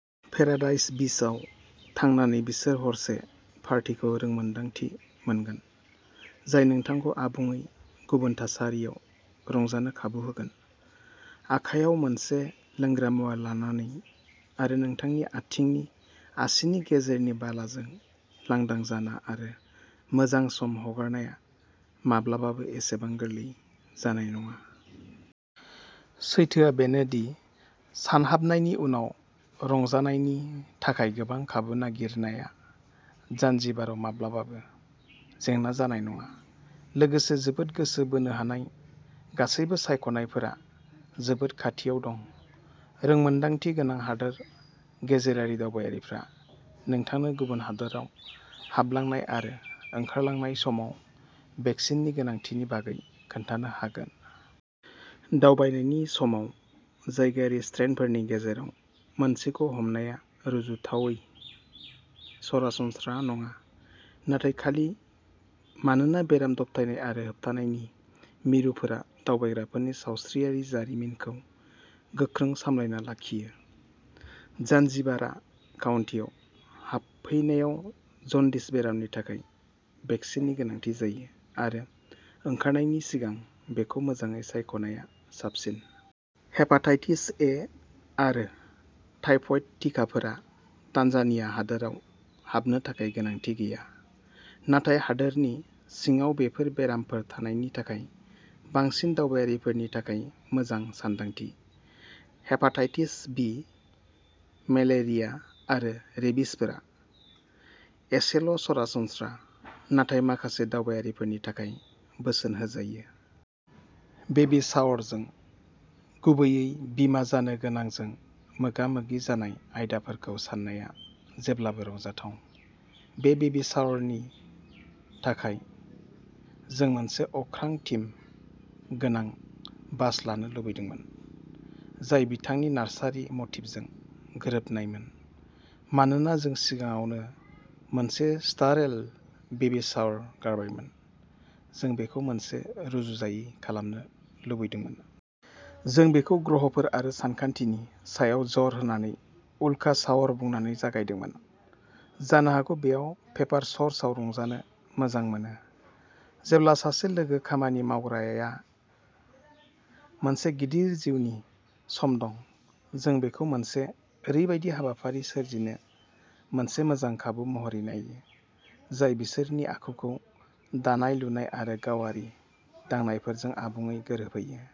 Paradise बीचआव थांनानै बिसोर हरसे पार्टीखौ रोंमोन्दांथि मोनगोन, जाय नोंथांखौ आबुङै गुबुन थासारियाव रंजानो खाबु होगोन। आखायाव मोनसे लोंग्रा मुवा लानानै, आरो नोंथांनि आथिंनि आसिनि गेजेरनि बालाजों, लांदां जाना आरो मोजां सम हगारनाया माब्लाबाबो एसेबां गोरलै जानाय नङा। सैथोआ बेनो दि, सानहाबनायनि उनाव रंजानायनि थाखाय गोबां खाबु नागिरनाया जाञ्जिबाराव माब्लाबाबो जेंना जानाय नङा, लोगोसे जोबोद गोसो बोनो हानाय गासैबो सायख'नायफोरा जोबोद खाथियाव दं। रोंमोन्दांथि गोनां हादोर गेजेरारि दावबायारिफ्रा नोंथांनो गुबुन हादोराव हाबलांनाय आरो ओंखारलांनाय समाव भेकसिननि गोनांथिनि बागै खोन्थानो हागोन। दावबायनायनि समाव जायगायारि स्ट्रेनफोरनि गेजेराव मोनसेखौ हमनाया रुजुथावै सरासनस्रा नङा, नाथाय खालि मानोना बेराम दबथायनाय आरो होबथानायनि मिरुफोरा दावबायग्राफोरनि सावस्रियारि जारिमिनखौ गोख्रों सामलायना लाखियो। जानजिबारआ काउन्टिआव हाबफैनायाव जन्दिस बेरामनि थाखाय भेकसिननि गोनांथि जायो, आरो ओंखारनायनि सिगां बेखौ मोजाङै सायख'नाया साबसिन। हेपाटाइटिस ए आरो टाइफइड टिकाफोरा तान्जानिया हादोराव हाबनो थाखाय गोनांथि गैया, नाथाय हादोरनि सिङाव बेफोर बेरामफोर थानायनि थाखाय बांसिन दावबायारिफोरनि थाखाय मोजां सानदांथि। हेपाटाइटिस बि, मेलेरिया आरो रेबिसफोरा एसेल'सरासनस्रा, नाथाय माखासे दावबायारिफोरनि थाखाय बोसोन होजायो। बेबी शावरजों, गुबैयै, बिमा जानो गोनांजों मोगामोगि जानाय आयदाफोरखौ साननाया जेब्लाबो रंजाथाव। बे बेबी शावरनि थाखाय, जों मोनसे अख्रां-थीम गोनां बाश लानो लुबैदोंमोन, जाय बिथांनि नार्सारि मटिफजों गोरोबनायमोन। मानोना जों सिगाङावनो मोनसे "स्टारेल" बेबी शावर गारबायमोन, जों बेखौ मोनसे रुजुजायै खालामनो लुबैदोंमोन। जों बेखौ ग्रहफोर आरो सानखान्थिनि सायाव जर होनानै "उल्का" शावर बुंनानै जागायदोंमोन। जानो हागौ बेयाव पेपार सोर्सआव रंजानो मोजां मोनो। जेब्ला सासे लोगो-खामानि मावग्राआ मोनसे गिदिर जिउनि सम दं, जों बेखौ मोनसे ओरैबायदि हाबाफारि सोरजिनो मोनसे मोजां खाबु महरै नायो, जाय बिसोरनि आखुखौ दानाय-लुनाय आरो गावारि दांनायफोरजों आबुङै गोरोबहोयो।